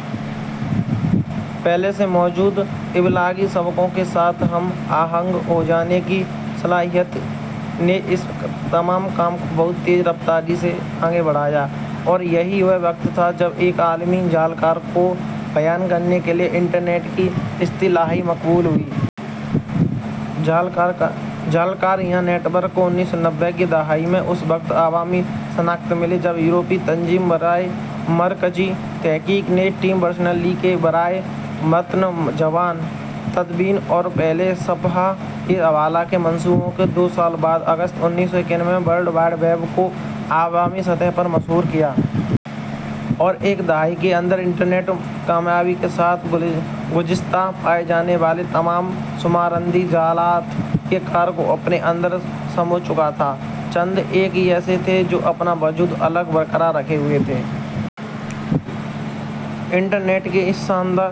/ کی پہلے سے موجود ابلاغی شراکوں کے ساتھ ہم آہنگ ہوجانے کی صلاحیت نے اس تمام کام کو بہت تیز رفتاری سے آگے بڑھایا۔ اور یہی وہ وقت تھا جب ایک عالمی / جالِکار کو بیان کرنے کے لیے انٹرنیٹ کی اصطلاح مقبول ہوئی۔ جالِکار یا نیٹ ورک کو ء کی دہائی میں اس وقت عوامی شناخت ملی جب یورپی تنظیم برائے مرکزی تحقیق نے ٹـم بیرنر لی کے ورائےمتن زبان تدوین ، اور پہلے صفحہ حبالہ کے منصوبوں کے دو سال بعد اگست ء میں ورلـڈ وائـڈ ویـب کو عوامی سطح پر مشہور کیا۔ اور ایک دہائی کے اندر انٹرنیٹ کامیابی کے ساتھ گذشتہ پائے جانے والے تمام شمارندی جالاتِکار کو اپنے اندر سمو چکا تھا۔ چند ایک ہی ایسے تھے جو اپنا وجود الگ برقرار رکھے ہوئے تھے۔ انٹرنیٹ کی اس شاندار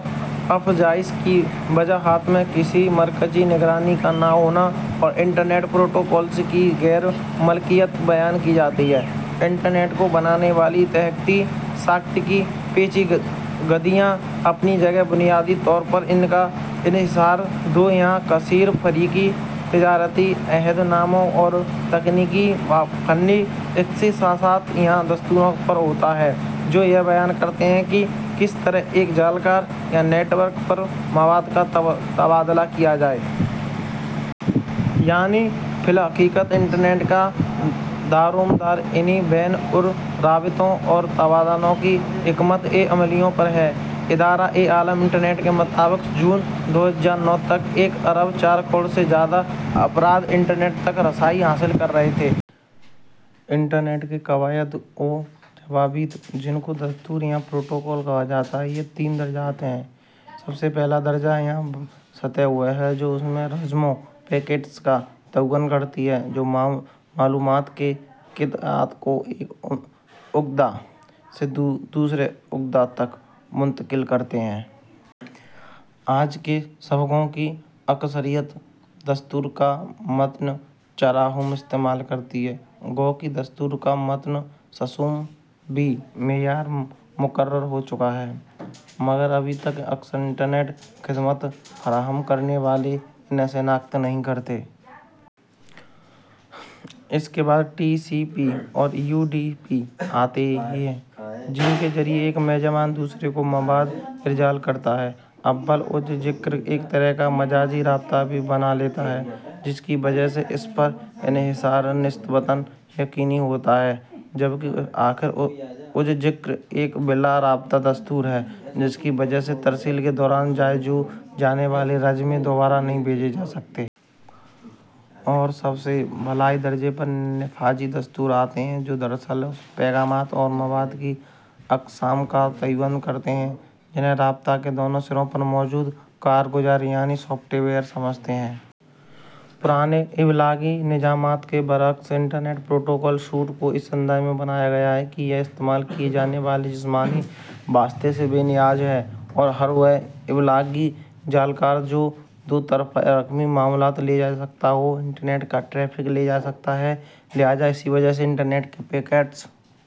افزائش کی وجوہات، کسی مرکزی نگرانی کا نہ ہونا اور انٹرنیٹ پروٹوکولز کی غیر ملکیت بیان کی جاتی ہے۔ انٹرنیٹ کو بنانے والی تحتی ساخت کی پیچیدگیاں ایک طرف، بنیادی طور پر اِس کا انحصار دو یا کثیرفرقی کاروباری عہدناموں اور تکنیکی و فنی اختصاصات یا دستوروں پر ہوتا ہے جو یہ بیان کرتے ہیں کہ کس طرح ایک جالِکار پر مواد کا تبادلہ کیا جائے۔ یعنی فی الحقیقت، انٹرنیٹ کا دارومدار ان بین الروابط اور تبادلوں کی حکمت عملیوں پر ہی ہے۔ امارہ عالم انٹرنیٹ آرکائیو شدہ بذریعہ. کے مطابق جون ء تک ایک ارب چار کروڑ سے زائد افراد انٹرنیٹ تک رسائی حاصل کر رہے تھے۔ انٹرنیٹ کے قواعد و ضوابط، جن کو دستور یا پروٹوکول کہا جاتا ہے کے تین درجات ہیں: سب سے پہلا درجہ یا سطح کا ہے جو ان گراف مواد یا رزموں کا تعین کرتی ہے جو مواد کے قطعات کو ایک عقدہ سے دوسرے عقدہ تک منتقل کرتے ہیں۔ آج کے شبکوں کی اکثریت دستور کا متن چہارم استعمال کرتی ہے۔ گو کا بھی معیار مقرر ہو چکا ہے مگر ابھی تک اکثر انٹرنیٹ خدمت فراہم کنندہ اس کو شناخت نہیں کرتے۔ اس کے بعد اور آتے ہیں جن کے ذریعہ ایک میزبان دوسرے کو مواد ارسال کرتا ہے۔ اول الذکر ایک طرح کا مجازی رابطہ بھی بنالیتا ہے جس کی وجہ اس پر انحصار نسبتاً یقینی ہوتا ہے جبکہ آخر الذکر ایک بلا رابط دستور ہے جس کی وجہ سے ترسیل کے دوران میں ضائع ہوجانے والے رزمے دوبارہ نہیں بھیجے جا سکتے۔ اور سب سے بالائی درجہ پر نفاذی دستور آتے ہیں جو دراصل ان پیغامات اور مواد کی اقسام کا تعین کرتا ہے جو رابطہ کے دونوں سروں پر موجود کارگزار یعنی سوفٹ ویئر سمجھتے ہیں۔ پرانے ابلاغی نظامات کے برعکس انٹرنیٹ پروٹوکول سوٹ کو اس انداز میں بنایا گیا ہے کہ یہ استعمال کیے جانے والے جسمانی واسطے سے بے نیاز ہے اور ہر وہ ابلاغی جالکار جو دو طرفہ رقمی معلومات لے جا سکتا ہو انٹرنیٹ کا ٹریفیک لے جا سکتا ہے۔ لہذا اسی وجہ سے انٹرنیٹ کے پیکیٹس ؛